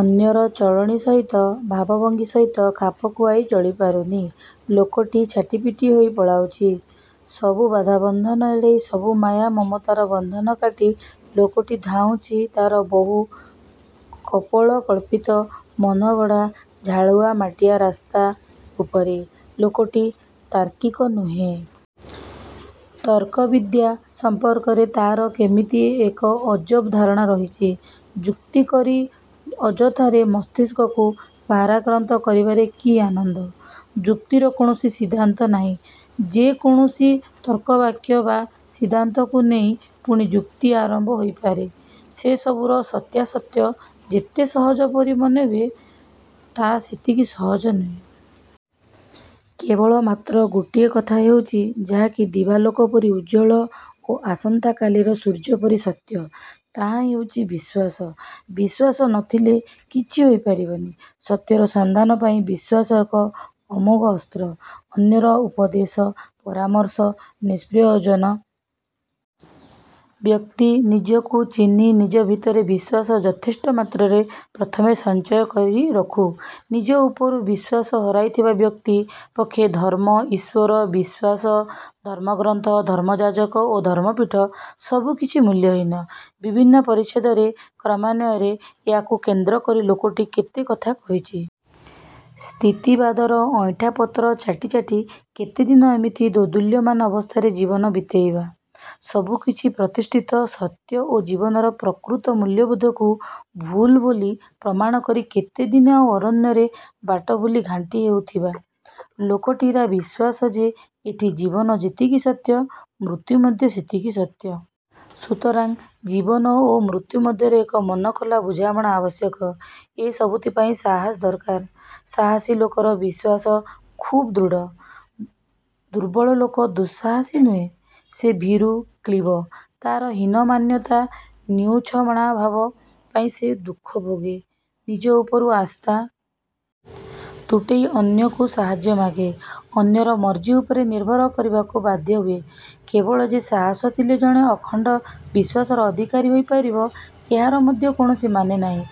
ଅନ୍ୟର ଚଳଣି ସହିତ, ଭାବଭଙ୍ଗୀ ସହିତ ଖାପ୍ଖୁଆଇ ଚଳି ପାରୁନି। ଲୋକଟି ଛାଟିପିଟି ହୋଇ ପଳାଉଛି। ସବୁ ବାଧା ବନ୍ଧନ ଏଡ଼େଇ ସବୁ ମାୟା ମମତାର ବନ୍ଧନ କାଟି ଲୋକଟି ଧାଉଁଛି ତା'ର ବହୁ କପୋଳକଳ୍ପିତ ମନଗଢ଼ା ଝାଳୁଆ ମାଟିଆ ରାସ୍ତା ଉପରେ। ଲୋକଟି ତାର୍କିକ ନୁହେଁ। ତର୍କ ବିଦ୍ୟା ସମ୍ପର୍କରେ ତା'ର କେମିତି ଏକ ଅଜବ ଧାରଣା ରହିଛି। ଯୁକ୍ତି କରି ଅଯଥାରେ ମସ୍ତିଷ୍କକୁ ଭାରାକ୍ରାନ୍ତ କରିବାରେ କି ଆନନ୍ଦ। ଯୁକ୍ତିର କୌଣସି ସିଦ୍ଧାନ୍ତ ନାହିଁ। ଯେ କୌଣସି ତର୍କବାକ୍ୟ ବା ସିଦ୍ଧାନ୍ତକୁ ନେଇ ପୁଣି ଯୁକ୍ତି ଆରମ୍ଭ ହୋଇପାରେ। ସେ ସବୁର ସତ୍ୟାସତ୍ୟ ଯେତେ ସହଜ ପରି ମନେହୁଏ ତାହା ସେତିକି ସହଜ ନୁହେଁ। କେବଳ ମାତ୍ର ଗୋଟିଏ କଥା ହେଉଛି, ଯାହାକି ଦିବାଲୋକ ପରି ଉଜ୍ଜ୍ୱଳ ଓ ଆସନ୍ତା କାଲିର ସୂର୍ଯ୍ୟପରି ସତ୍ୟ, ତାହାହିଁ ହେଉଛି ବିଶ୍ୱାସ। ବିଶ୍ୱାସ ନଥିଲେ କିଛି ହୋଇ ପାରିବନି। ସତ୍ୟର ସନ୍ଧାନ ପାଇଁ ବିଶ୍ୱାସ ଏକ ଅମୋଘ ଅସ୍ତ୍ର। ଅନ୍ୟର ଉପଦେଶ, ପରାମର୍ଶ, ନିଷ୍ପ୍ରୟୋଜନ। ବ୍ୟକ୍ତି ନିଜକୁ ଚିହ୍ନି ନିଜ ଭିତରେ ବିଶ୍ୱାସ ଯଥେଷ୍ଟ ମାତ୍ରାରେ ପ୍ରଥମେ ସଞ୍ଚୟ କରି ରଖୁ। ନିଜ ଉପରୁ ବିଶ୍ୱାସ ହରାଇଥିବା ବ୍ୟକ୍ତି ପକ୍ଷେ ଧର୍ମ, ଈଶ୍ୱର ବିଶ୍ୱାସ, ଧର୍ମଗ୍ରନ୍ଥ, ଧର୍ମଯାଜକ ଓ ଧର୍ମପୀଠ ସବୁକିଛି ମୂଲ୍ୟହୀନ। ବିଭିନ୍ନ ପରିଚ୍ଛେଦରେ କ୍ରମାନ୍ୱୟରେ ୟା'କୁଇ କେନ୍ଦ୍ରକରି ଲୋକଟି କେତେ କଥା କହିଛି। ସ୍ଥିତିବାଦର ଅଇଣ୍ଠା ପତ୍ର ଚାଟି ଚାଟି କେତେଦିନ ଏମିତି ଦୋଦୁଲ୍ୟମାନ ଅବସ୍ଥାରେ ଜୀବନ ବିତେଇବା? ସବୁକିଛି ପ୍ରତିଷ୍ଠିତ ସତ୍ୟ ଓ ଜୀବନର ପ୍ରକୃତ ମୂଲ୍ୟବୋଧକୁ 'ଭୁଲ୍' ବୋଲି ପ୍ରମାଣିତ କରି କେତେଦିନ ଆଉ ଅରଣ୍ୟରେ ବାଟ ଭୁଲି ଘାଣ୍ଟି ହେଉଥିବା? ଲୋକଟିରା ବିଶ୍ୱାସ ଯେ ଏଠି ଜୀବନ ଯେତିକି ସତ୍ୟ, ମୃତ୍ୟୁ ମଧ୍ୟ ସେତିକି ସତ୍ୟ। ସୁତରାଂ ଜୀବନ ଓ ମୃତ୍ୟୁ ମଧ୍ୟରେ ଏକ ମନଖୋଲା ବୁଝାମଣା ଆବଶ୍ୟକ। ଏ ସବୁଥିପାଇଁ ସାହସ ଦରକାର। ସାହସୀ ଲୋକର ବିଶ୍ୱାସ ଖୁବ୍ ଦୃଢ଼। ଦୁର୍ବଳ ଲୋକ ଦୁଃସାହସୀ ନୁହେଁ। ସେ ଭୀରୁ, କ୍ଳୀବ। ତା'ର ହୀନମନ୍ୟତା, ନିଉଛଣାଭାବ ପାଇଁ ସେ ଦୁଃଖ ଭୋଗେ। ନିଜ ଉପରୁ ଆସ୍ଥା। ତୁଟେଇ ଅନ୍ୟକୁ ସାହାଯ୍ୟ ମାଗେ। ଅନ୍ୟର ମର୍ଜି ଉପରେ ନିର୍ଭର କରିବାକୁ ବାଧ୍ୟ ହୁଏ। କେବଳ ଯେ ସାହାସ ଥିଲେ ଜଣେ ଅଖଣ୍ଡ ବିଶ୍ୱାସର ଅଧିକାରୀ ହୋଇପାରିବ ଏହାର ମଧ୍ୟ କୌଣସି ମାନେ ନାହିଁ।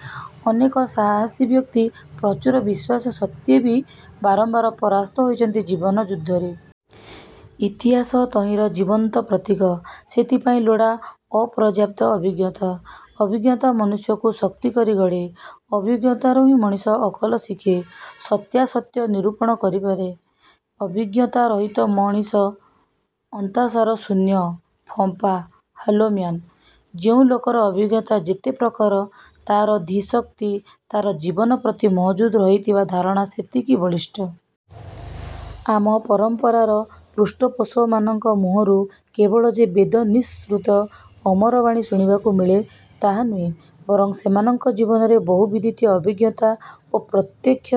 ଅନେକ ସାହସୀ ବ୍ୟକ୍ତି ପ୍ରଚୁର ବିଶ୍ୱାସ ସତ୍ତ୍ୱେ ବି ବାରମ୍ବାର ପରାସ୍ତ ହୋଇଛନ୍ତି ଜୀବନ ଯୁଦ୍ଧରେ। ଇତିହାସ ତହିଁର ଜୀବନ୍ତ ପ୍ରତୀକ। ସେଥିପାଇଁ ଲୋଡ଼ା ଅପର୍ଯ୍ୟାପ୍ତ ଅଭିଜ୍ଞତା। ଅଭିଜ୍ଞତା ମନୁଷ୍ୟକୁ ଶକ୍ତ କରି ଗଢ଼େ। ଅଭିଜ୍ଞତାରୁହିଁ ମଣିଷ ଅକଲ ଶିଖେ। ସତ୍ୟାସତ୍ୟ ନିରୂପଣ କରିପାରେ। ଅଭିଜ୍ଞତା ରହିତ ମଣିଷ ଅନ୍ତଃସାର ଶୂନ୍ୟ। ଫମ୍ପା! ହଲୋମ୍ୟାନ୍। ଯେଉଁ ଲୋକର ଅଭିଜ୍ଞତା ଯେତେ ପ୍ରଖର, ତା'ର ଧୀଶକ୍ତି, ତା'ର ଜୀବନପ୍ରତି ମହଜୁଦ ରହିଥିବା ଧାରଣା ସେତିକି ବଳିଷ୍ଠ। ଆମ ପରମ୍ପରାର ପୃଷ୍ଠପୋଷକମାନଙ୍କ ମୁହଁରୁ କେବଳ ଯେ ବେଦ ନିଃସୃତ ଅମରବାଣୀ ଶୁଣିବାକୁ ମିଳେ ତାହା ନୁହେଁ, ବରଂ ସେମାନଙ୍କ ଜୀବନର ବହୁବିଧ ଅଭିଜ୍ଞତା ଓ ପ୍ରତ୍ୟକ୍ଷ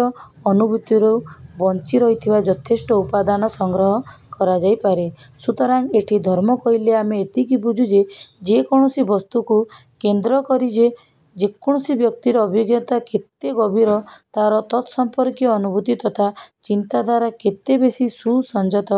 ଅନୁଭୂତିରୁ ବଞ୍ଚି ରହିବାର ଯଥେଷ୍ଟ ଉପାଦାନ ସଂଗ୍ରହ କରାଯାଇପାରେ। ସୁତରାଂ ଏଠି ଧର୍ମ କହିଲେ ଆମେ ଏତିକି ବୁଝୁ ଯେ, ଯେକୌଣସି ବସ୍ତୁକୁ କେନ୍ଦ୍ରକରି ଯେ କୌଣସି ବ୍ୟକ୍ତିର ଅଭିଜ୍ଞତା କେତେ ଗଭୀର ତା'ର ତତ୍ସମ୍ପର୍କୀୟ ଅନୁଭୂତି ତଥା ଚିନ୍ତାଧାରା କେତେ ବେଶୀ ସୁସଞ୍ଜତ।